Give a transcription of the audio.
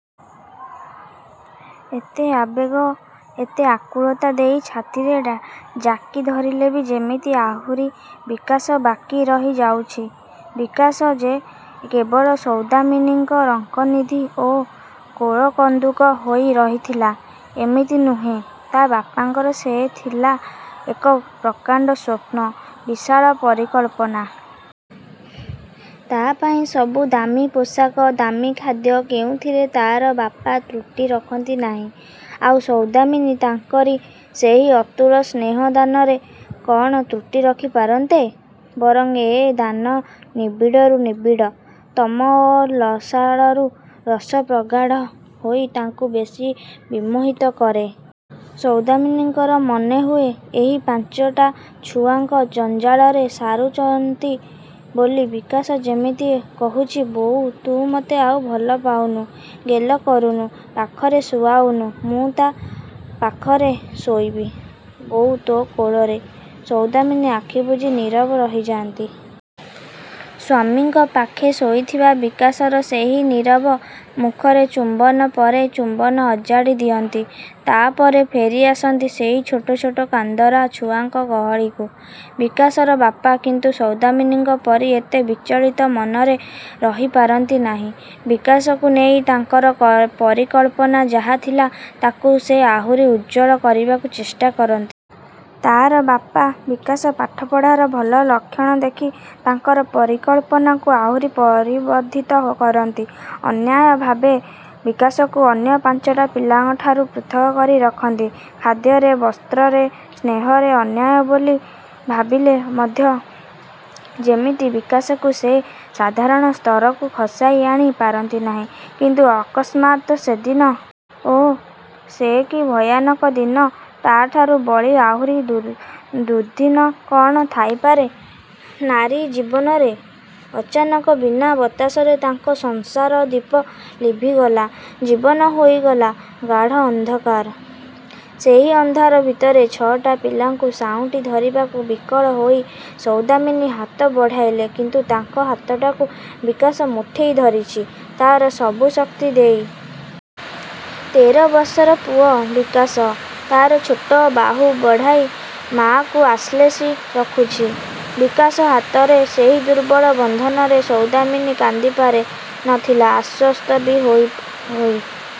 ଏତେ ଆବେଗ, ଏତେ ଆକୁଳତା ଦେଇ ଛାତିରେ ଡ଼ା ଜାକି ଧରିଲେ ବି ଯେମିତି ଆହୁରି ବିକାଶ ବାକି ରହି ଯାଉଛି। ବିକାଶ ଯେ କେବଳ ସୌଦାମିନୀଙ୍କ ରଙ୍କନିଧି ଓ କୋଳ କନ୍ଦୁକ ହୋଇ ରହିଥିଲା, ଏମିତି ନୁହେଁ, ତା ବାପାଙ୍କର ସେ ଥିଲା ଏକ ପ୍ରକାଣ୍ଡ ସ୍ୱପ୍ନ, ବିଶାଳ ପରିକଳ୍ପନା। ତା ପାଇଁ ସବୁ ଦାମୀ ପୋଷାକ, ଦାମୀ ଖାଦ୍ୟ କେଉଁଥିରେ ତାର ବାପା ତ୍ରୁଟି ରଖନ୍ତି ନାହିଁ। ଆଉ ସୌଦାମିନୀ, ତାଙ୍କରି ସେହି ଅତୁଳ ସ୍ନେହ ଦାନରେ କଣ ତ୍ରୁଟି ରଖି ପାରନ୍ତେ? ବରଂ ଏ ଦାନ ନିବିଡ଼ରୁ ନିବିଡ଼ ତମ ଓ ଲସାଳରୁ ରସ ପ୍ରଗାଢ଼ ହୋଇ ତାଙ୍କୁ ବେଶୀ ବିମୋହିତ କରେ। ସୌଦାମିନୀଙ୍କର ମନେହୁଏ, ଏଇ ପାଞ୍ଚଟା ଛୁଆଙ୍କ ଜଞ୍ଜାଳରେ ସାରୁଚନ୍ତି ବୋଲି ବିକାଶ ଯେମିତି କହୁଚି ବୋଉ, ତୁ ମତେ ଆଉ ଭଲ ପାଉନୁ, ଗେଲ କରୁନୁ, ପାଖରେ ଶୁଆଉନୁ । ମୁଁ ତୋ ପାଖେ ଶୋଇବି ବୋଉ, ତୋ କୋଳରେ। ସୌଦାମିନୀ ଆଖି ବୁଜି ନୀରବ ରହିଯାନ୍ତି। ସ୍ଵାମୀଙ୍କ ପାଖେ ଶୋଇଥିବା ବିକାଶର ସେହି ନୀରବ ମୁଖରେ ଚୁମ୍ବନ ପରେ ଚୁମ୍ବନ ଅଜାଡ଼ି ଦିଅନ୍ତି। ତାପରେ ଫେରି ଆସନ୍ତି ସେଇ ଛୋଟ ଛୋଟ କାନ୍ଦରା ଛୁଆଙ୍କ ଗହଳିକୁ। ବିକାଶର ବାପା କିନ୍ତୁ ସୌଦାମିନୀଙ୍କ ପରି ଏତେ ବିଚଳିତ ମନରେ ରହିପାରନ୍ତି ନାହିଁ। ବିକାଶକୁ ନେଇ ତାଙ୍କର ପପରିକଳ୍ପନା ଯାହା ଥିଲା ତାକୁ ସେ ଆହୁରି ଉଜ୍ଜ୍ୱଳ କରିବାକୁ ଚେଷ୍ଟା କରନ୍ତି। ତାର ବାପା, ବିକାଶ ପାଠପଢ଼ାର ଭଲ ଲକ୍ଷଣ ଦେଖି ତାଙ୍କର ପରିକଳ୍ପନାକୁ ଆହୁରି ପରିବର୍ଦ୍ଧିତ କରନ୍ତି। ଅନ୍ୟାୟ ଭାବେ ବିକାଶକୁ ଅନ୍ୟ ପାଞ୍ଚଟା ପିଲାଙ୍କ ଠାରୁ ପୃଥକ କରି ରଖନ୍ତି, ଖାଦ୍ୟରେ, ବସ୍ତ୍ରରେ, ସ୍ନେହରେ। ଅନ୍ୟାୟ ବୋଲି ଭାବିଲେ ମଧ୍ୟ ଯେମିତି ବିକାଶକୁ ସେ ସାଧାରଣ ସ୍ତରକୁ ଖସାଇ ଆଣି ପାରନ୍ତି ନାହିଁ କିନ୍ତୁ ଅକସ୍ମାତ ସେଦିନ। ଓଃ, ସେ କି ଭୟାନକ ଦିନ ତାଠାରୁ ବଳି ଆହୁରି ଦୁର୍ଦ୍ଦିନ କଣ ଥାଇପାରେ ନାରୀ ଜୀବନରେ? ଅଚାନକ ବିନା ବତାସରେ ତାଙ୍କ ସଂସାରଦୀପ ଲିଭିଗଲା । ଜୀବନ ହୋଇଗଲା ଗାଢ଼ ଅନ୍ଧକାର। ସେହି ଅନ୍ଧାର ଭିତରେ ଛ ଟା ପିଲାଙ୍କୁ ସାଉଁଟି ଧରିବାକୁ ବିକଳ ହୋଇ ସୌଦାମିନୀ ହାତ ବଢ଼ାଇଲେ କିନ୍ତୁ ତାଙ୍କ ହାତଟାକୁ ବିକାଶ ମୁଠେଇ ଧରିଚି, ତାର ସବୁ ଶକ୍ତି ଦେଇ। ତେର ବର୍ଷର ପୁଅ ବିକାଶ। ତାର ଛୋଟ ବାହୁ ବଢ଼ାଇ ମାଆକୁ ଆଶ୍ଳେଷି ରଖୁଛି। ବିକାଶ ହାତର ସେହି ଦୁର୍ବଳ ବନ୍ଧନରେ ସୌଦାମିନୀ କାନ୍ଦିପାରି ନ ଥିଲେ। ଆଶ୍ଵସ୍ତ ବି ହୋଇ